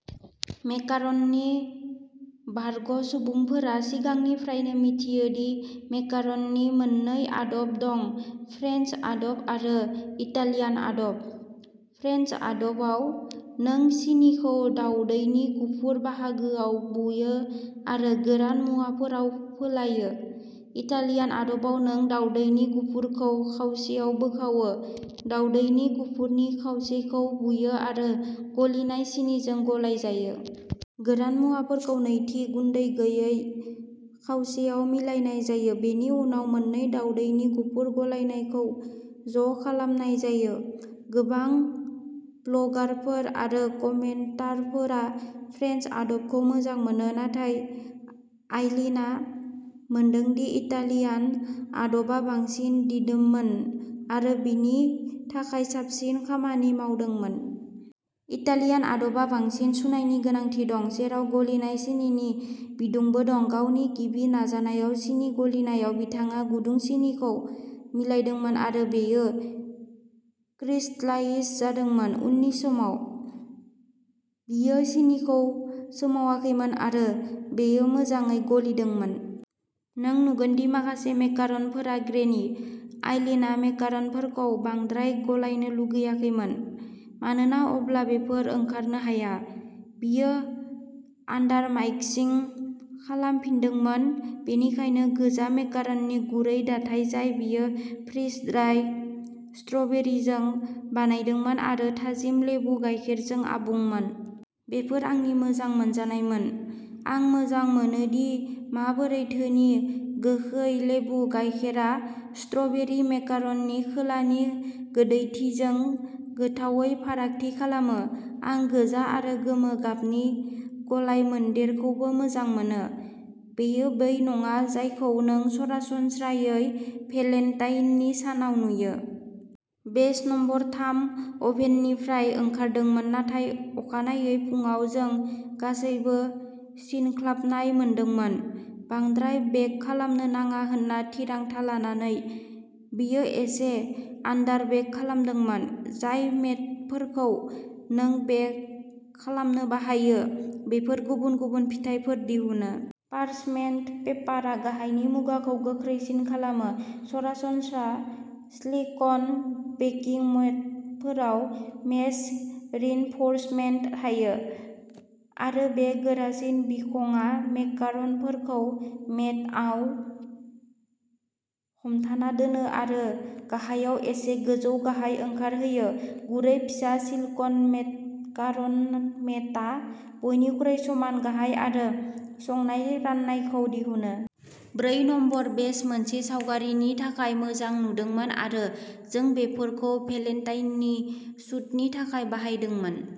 मेकारननि बारग'सुबुंफोरा सिगांनिफ्रायनो मिथियो दि मेकारननि मोननै आदब दं-फ्रेन्स आदब आरो इटालियान आदब। फ्रेन्स आदबाव, नों सिनिखौ दावदैनि गुफुर बाहागोआव बुयो आरो गोरान मुवाफोराव फोलायो। इटालियान आदबाव, नों दावदैनि गुफुरखौ खावसेयाव बोखावो। दावदैनि गुफुरनि खावसेखौ बुयो आरो गलिनाय सिनिजों गलायजायो। गोरान मुवाफोरखौ नैथि, गुन्दै गैयै खावसेयाव मिलायनाय जायो। बेनि उनाव मोन्नै दावदैनि गुफुर गलायनायखौ ज'खालामनाय जायो। गोबां ब्लगारफोर आरो कमेन्टारफोरा फ्रेन्स आदबखौ मोजां मोनो, नाथाय आइलीनआ मोनदों दि इटालियान आदबा बांसिन दिदोममोन, आरो बिनि थाखाय साबसिन खामानि मावदोंमोन। इटालियान आदबा बांसिन सुनायनि गोनांथि दं, जेराव गलिनाय सिनिनि बिदुंबो दं। गावनि गिबि नाजानायाव सिनि गलिनायाव, बिथाङा गुदुं सिनिखौ मिलायदोंमोन आरो बेयो क्रिस्टलाइज जादोंमोन। उननि समाव। बियो सिनिखौ सोमावाखैमोन आरो बेयो मोजाङै गलिदोंमोन। नों नुगोन दि माखासे मेकारनफोरा ग्रेनि। आइलीनआ मेकारनफोरखौ बांद्राय गलायनो लुगैाखैमोन मानोना अब्ला बेफोर ओंखारनो हाया। बियो आन्दारमाइक्सिं खालामफिनदोंमोन-बेनिखायनो गोजा मेकारननि गुरै दाथाय जाय बियो फ्रिज-ड्राइ स्ट्र'बेरिजों बानायदोंमोन आरो थाजिम लेबु गाइखेरजों आबुंमोन। बेफोर आंनि मोजां मोनजानायमोन। आं मोजां मोनोदि माबोरै धोनि, गोखै लेबु गाइखेरआ स्ट्र'बेरि मेकारननि खोलानि गोदैथिजों गोथावै फारागथि खालामो। आं गोजा आरो गोमो गाबनि गलायमोन्देरखौबो मोजां मोनो। बेयो बै नङा जायखौ नों सरासनस्रायै भेलेन्टाइननि सानाव नुयो। बेच नम्बर थाम अभेननिफ्राय ओंखारदोंमोन, नाथाय अखानायै फुंआव जों गासैबो सिनख्लाबनाय मोनदोंमोन। बांद्राय बेक खालामनो नाङा होनना थिरांथा लानानै, बियो एसे आन्दारबेक खालामदोंमोन। जाय मेटफोरखौ नों बेक खालामनो बाहायो, बेफोर गुबुन गुबुन फिथायफोर दिहुनो। पार्चमेन्ट पेपारआ गाहायनि मुगाखौ गोख्रैसिन खालामो। सरासनस्रा स्लिक'न बेकिं मेटफोराव मेश रिइनफोर्समेन्ट थायो, आरो बे गोरासिन बिखंआ मेकार'नफोरखौ मेटआव हमथाना दोनो आरो गाहायाव एसे गोजौ-गाहाय ओंखारहोयो। गुरै, फिसा सिलिक'न मेकार'न मेटआ बयनिख्रुइ समान गाहाय आरो संनाय राननायखौ दिहुनो। ब्रै नम्बर बेच मोनसे सावगारिनि थाखाय मोजां नुदोंमोन आरो जों बेफोरखौ भेलेन्टाइननि शूटनि थाखाय बाहायदोंमोन।